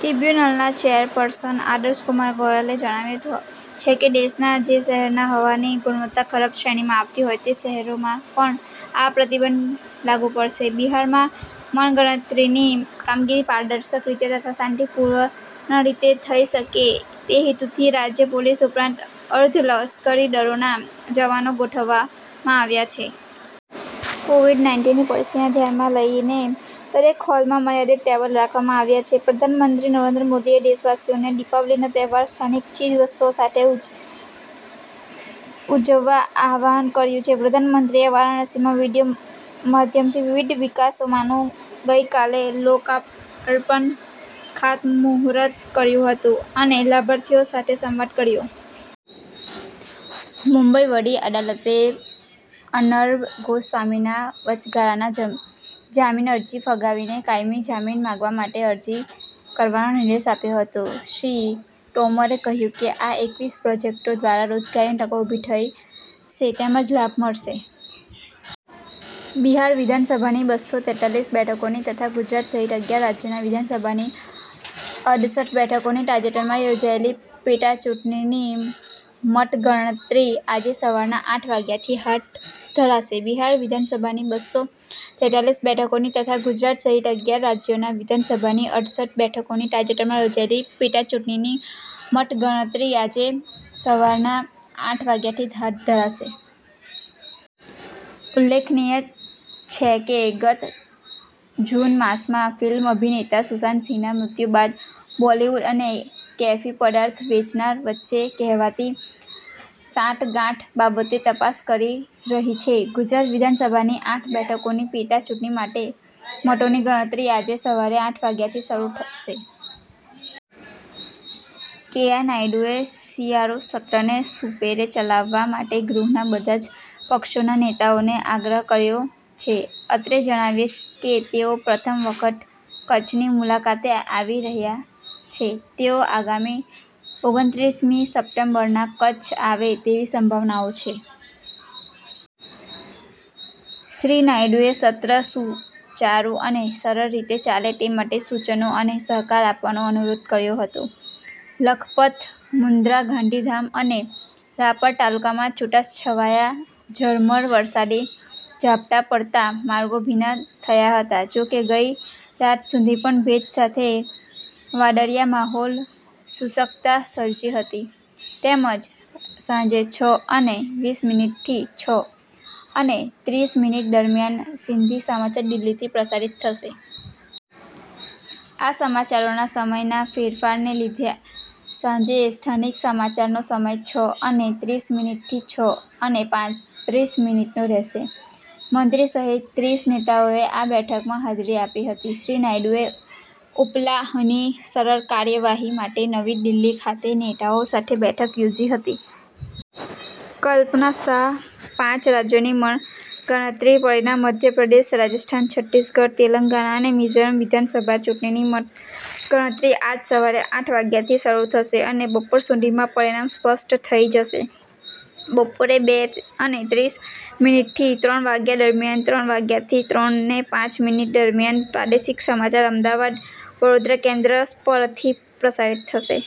ટ્રીબ્યુનલના chairperson Adarsh Kumar ગોયલે જણાવ્યું છે કે, દેશના જે શહેરના હવાની ગુણવત્તા ખરાબ શ્રેણીમાં આવતી હોય તે શહેરોમાં પણ આ પ્રતિબંધ લાગુ પડશે. બિહારમાં મતગણતરીની કામગીરી પારદર્શક રીતે તથા શાંતિપૂર્ણ રીતે થઈ શકે તે હેતુથી રાજ્ય પોલીસ ઉપરાંત અર્ધલશ્કરી દળોના જવાનો ગોઠવવામાં આવ્યા છે. કોવિડ-નાઈનટીન ની પરિસ્થિતિને ધ્યાનમાં લઈને દરેક હોલમાં મર્યાદિત ટેબલ રાખવામાં આવ્યા છે. પ્રધાનમંત્રી નરેન્દ્ર મોદીએ દેશવાસીઓને દિપાવલીનો તહેવાર સ્થાનિક ચીજવસ્તુઓ સાથે ઉજવવા આહવાન કર્યું છે. પ્રધાનમંત્રીએ વારાણસીમાં વીડિયો માધ્યમથી વિવિધ વિકાસકામોનું ગઈકાલે લોકાર્પણ ખાતમૂહુર્ત કર્યું હતું, અને લાભાર્થીઓ સાથે સંવાદ કર્યો. મુંબઈ વડી અદાલતે અર્નબ ગોસ્વામીના વચગાળાના જામીન અરજી ફગાવીને કાયમી જામીન માંગવા માટે અરજી કરવાનો નિર્દેશ આપ્યો હતો. શ્રી તોમરે કહ્યું કે આ એકવીસ પ્રોજેક્ટો દ્વારા રોજગારીની તકો ઊભી થશે, તેમજ લાભ મળશે. બિહાર વિધાનસભાની બસ્સો તેતાલીસ બેઠકોની તથા ગુજરાત સહિત અગિયાર રાજ્યોના વિધાનસભાની અડસઠ બેઠકોની તાજેતરમાં યોજાયેલી પેટાચૂંટણીની મતગણતરી આજે સવારના આઠ વાગ્યાથી હાથ ધરાશે. બિહાર વિધાનસભાની બસ્સો તેતાલીસ બેઠકોની તથા ગુજરાત સહિત અગિયાર રાજ્યોના વિધાનસભાની અડસઠ બેઠકોની તાજેતરમાં યોજાયેલી પેટાચૂંટણીની મતગણતરી આજે સવારના આઠ વાગ્યાથી હાથ ધરાશે. ઉલ્લેખનીય છે કે ગત જૂન માસમાં ફિલ્મ અભિનેતા સુશાંતસિંહના મૃત્યુ બાદ બોલિવૂડ અને કેફી પદાર્થ વેચનાર વચ્ચે કહેવાતી સાંઠ-ગાંઠ બાબતે તપાસ કરી રહી છે. ગુજરાત વિધાનસભાની આઠ બેઠકોની પેટા ચુંટણી માટે મતોની ગણતરી આજે સવારે આઠ વાગ્યાથી શરૂ થશે. કેયા નાયડુએ શિયાળુસત્રને સુપેરે ચલાવવા માટે ગૃહના બધા જ પક્ષોના નેતાઓને આગ્રહ કર્યો છે. અત્રે જણાવીએ કે તેઓ પ્રથમ વખત કચ્છની મુલાકાતે આવી રહ્યા છે. તેઓ આગામી ઓગણત્રીસ મી ડિસેમ્બરના કચ્છ આવે તેવી સંભાવનાઓ છે. શ્રી નાયડુએ સત્ર સુચારૂ અને સરળ રીતે ચાલે તે માટે સૂચનો અને સહકાર આપવાનો અનુરોધ કર્યો હતો. લખપત મુન્દ્રા ગાંધીધામ અને રાપર તાલુકામાં છુટાછવાયા ઝરમર વરસાદી ઝાપટા પડતા માર્ગો ભીના થયા હતા. જો કે ગઈ રાત સુધી પણ ભેજ સાથે વાદળિયાં માહોલ શુષ્કતા સર્જી હતી, તેમજ સાંજે છ અને વીસ મિનિટથી છ અને ત્રીસ મિનિટ દરમિયાન સિંધી સમાચાર દિલ્હી થી પ્રસારિત થશે. આ સમાચારોના સમયના ફેરફારને લીધે સાંજે સ્થાનિક સમાચાર નો સમય છ અને ત્રીસ મિનિટથી છ અને પાંત્રીસ મિનિટનો રહેશે. મંત્રી સહિત ત્રીસ નેતાઓએ આ બેઠકમાં હાજરી આપી હતી. શ્રી નાયડુએ ઉપલા હની સરળ કાર્યવાહી માટે નવી દીલ્હી ખાતે નેતાઓ સાથે બેઠક યોજી હતી. કલ્પના શાહ પાંચ રાજ્યોની મતગણતરી પરિણામ મધ્યપ્રદેશ, રાજસ્થાન, છત્તીસગઢ, તેલંગાણા, અને મિઝોરમ વિધાનસભા ચૂંટણીની મતગણતરી આજ સવારે આઠ વાગ્યાથી શરૂ થશે, અને બપોર સુધીમાં પરિણામ સ્પષ્ટ થઈ જશે. બપોરે બે અને ત્રીસ મિનિટ થી ત્રણ વાગ્યા દરમિયાન ત્રણ વાગ્યાથી ત્રણ ને પાંચ મિનિટ દરમિયાન પ્રાદેશિક સમાચાર અમદાવાદ વડોદરા કેન્દ્ર પરથી પ્રસારિત થશે.